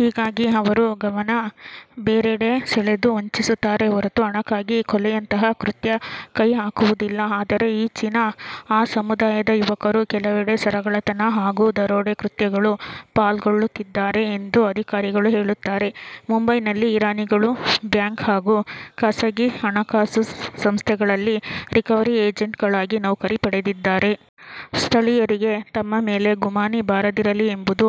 ಹೀಗಾಗಿ ಅವರು, ಗಮನ ಬೇರೆಡೆ ಸೆಳೆದು ವಂಚಿಸುತ್ತಾರೆ ಹೊರತು ಹಣಕ್ಕಾಗಿ ಕೊಲೆಯಂತಹ ಕೃತ್ಯ ಕೈ ಹಾಕುವುದಿಲ್ಲ. ಆದರೆ, ಈಚಿನ ಆ ಸಮುದಾಯದ ಯುವಕರು, ಕೆಲವಡೆ ಸರಗಳ್ಳತನ ಹಾಗೂ ದರೋಡೆ ಕೃತ್ಯಗಳು ಪಾಲ್ಗೊಳ್ಳುತ್ತಿದ್ದಾರೆ ಎಂದು ಅಧಿಕಾರಿಗಳು ಹೇಳುತ್ತಾರೆ. ಮುಂಬೈನಲ್ಲಿ ಇರಾನಿಗಳು, ಬ್ಯಾಂಕ್ ಹಾಗೂ ಖಾಸಗಿ ಹಣಕಾಸು ಸಂಸ್ಥೆಗಳಲ್ಲಿ ರಿಕವರಿ ಏಜೆಂಟ್ಗಳಾಗಿ ನೌಕರಿ ಪಡೆದಿದ್ದಾರೆ. ಸ್ಥಳೀಯರಿಗೆ ತಮ್ಮ ಮೇಲೆ ಗುಮಾನಿ ಬಾರದಿರಲಿ ಎಂಬುದು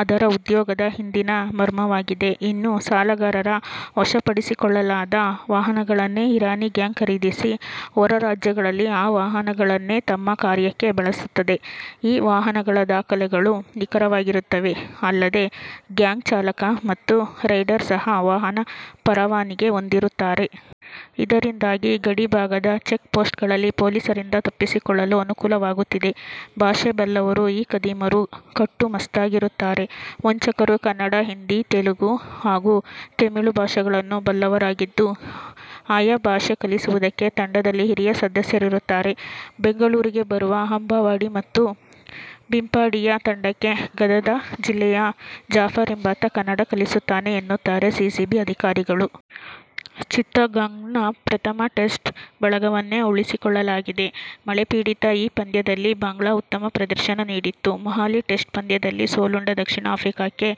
ಅದರ ಉದ್ಯೋಗದ ಹಿಂದಿನ ಮರ್ಮವಾಗಿದೆ. ಇನ್ನು, ಸಾಲಗಾರರ ವಶಪಡಿಸಿಕೊಳ್ಳಲಾದ ವಾಹನಗಳನ್ನೇ ಇರಾನಿ ಗ್ಯಾಂಗ್ ಖರೀದಿಸಿ, ಹೊರ ರಾಜ್ಯಗಳಲ್ಲಿ ಆ ವಾಹನಗಳನ್ನೇ ತಮ್ಮ ''''ಕಾರ್ಯ''ಕ್ಕೆ ಬಳಸುತ್ತದೆ. ಈ ವಾಹನಗಳ ದಾಖಲೆಗಳು ನಿಖರವಾಗಿರುತ್ತವೆ. ಅಲ್ಲದೆ, ಗ್ಯಾಂಗ್ ಚಾಲಕ ಮತ್ತು ರೈಡರ್ ಸಹ ವಾಹನ ಪರವಾನಿಗೆ ಹೊಂದಿರುತ್ತಾರೆ. ಇದರಿಂದಾಗಿ ಗಡಿ ಭಾಗದ ಚೆಕ್ ಪೋಸ್ಟ್ಗಳಲ್ಲಿ ಪೊಲೀಸರಿಂದ ತಪ್ಪಿಸಿಕೊಳ್ಳಲು ಅನುಕೂಲವಾಗುತ್ತಿದೆ. ಭಾಷೆ ಬಲ್ಲವರು, ಈ ಖದೀಮರು, ಕಟ್ಟು ಮಸ್ತಾಗಿರುತ್ತಾರೆ. ವಂಚಕರು, ಕನ್ನಡ, ಹಿಂದಿ, ತೆಲಗು ಹಾಗೂ ತಮಿಳು ಭಾಷೆಗಳನ್ನು ಬಲ್ಲವರಾಗಿದ್ದು, ಆಯ ಭಾಷೆ ಕಲಿಸುವುದಕ್ಕೆ ತಂಡದಲ್ಲಿ ಹಿರಿಯ ಸದಸ್ಯರಿರುತ್ತಾರೆ. ಬೆಂಗಳೂರಿಗೆ ಬರುವ ಅಂಬಾವಾಡಿ ಮತ್ತು ಬಿಪಾಂಡಿಯ ತಂಡಕ್ಕೆ ಗದದ ಜಿಲ್ಲೆಯ ಜಾಫರ್ ಎಂಬಾತ ಕನ್ನಡ ಕಲಿಸುತ್ತಾನೆ ಎನ್ನುತ್ತಾರೆ ಸಿಸಿಬಿ ಅಧಿಕಾರಿಗಳು. ಚಿತ್ತಗಾಂಗ್ನ ಪ್ರಥಮ ಟೆಸ್ಟ್ ಬಳಗವನ್ನೇ ಉಳಿಸಿಕೊಳ್ಳಲಾಗಿದೆ. ಮಳೆಪೀಡಿತ ಈ ಪಂದ್ಯದಲ್ಲಿ ಬಾಂಗ್ಲಾ ಉತ್ತಮ ಪ್ರದರ್ಶನ ನೀಡಿತ್ತು. ಮೊಹಾಲಿ ಟೆಸ್ಟ್ ಪಂದ್ಯದಲ್ಲಿ ಸೋಲುಂಡ ದಕ್ಷಿಣ ಆಫ್ರಿಕಾಕ್ಕೆ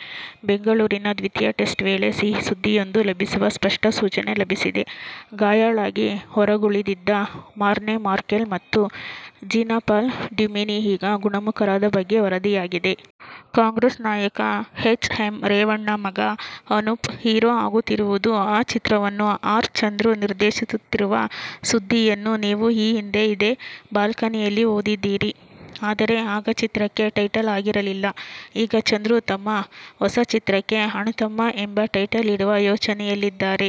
ಬೆಂಗಳೂರಿನ ದ್ವಿತೀಯ ಟೆಸ್ಟ್ ವೇಳೆ ಸಿಹಿ ಸುದ್ದಿಯೊಂದು ಲಭಿಸುವ ಸ್ಪಷ್ಟ ಸೂಚನೆ ಲಭಿಸಿದೆ. ಗಾಯಾಳಾಗಿ ಹೊರಗುಳಿದಿದ್ದ ಮಾರ್ನೆ ಮಾರ್ಕೆಲ್ ಮತ್ತು ಜೀನಪಾಲ್ ಡ್ಯುಮಿನಿ ಈಗ ಗುಣಮುಖರಾದ ಬಗ್ಗೆ ವರದಿಯಾಗಿದೆ. ಕಾಂಗ್ರೆಸ್ ನಾಯಕ ಎಚ್. ಎಂ. ರೇವಣ್ಣ ಮಗ ಅನೂಪ್ ಹೀರೋಆಗುತ್ತಿರುವುದು, ಆ ಚಿತ್ರವನ್ನು ಆರ್. ಚಂದ್ರು ನಿರ್ದೇಶಿಸುತ್ತಿರುವ ಸುದ್ದಿಯನ್ನುನೀವು ಈ ಹಿಂದೆ ಇದೇ ಬಾಲ್ಕನಿಯಲ್ಲಿ ಓದಿದ್ದೀರಿ. ಆದರೆ, ಆಗ ಚಿತ್ರಕ್ಕೆ ಟೈಟಲ್ ಆಗಿರಲಿಲ್ಲ. ಈಗ ಚಂದ್ರು ತಮ್ಮ ಹೊಸ ಚಿತ್ರಕ್ಕೆ "ಅಣ್ತಮ್ಮ' ಎಂಬ ಟೈಟಲ್ ಇಡುವ ಯೋಚನೆಯಲ್ಲಿದ್ದಾರೆ.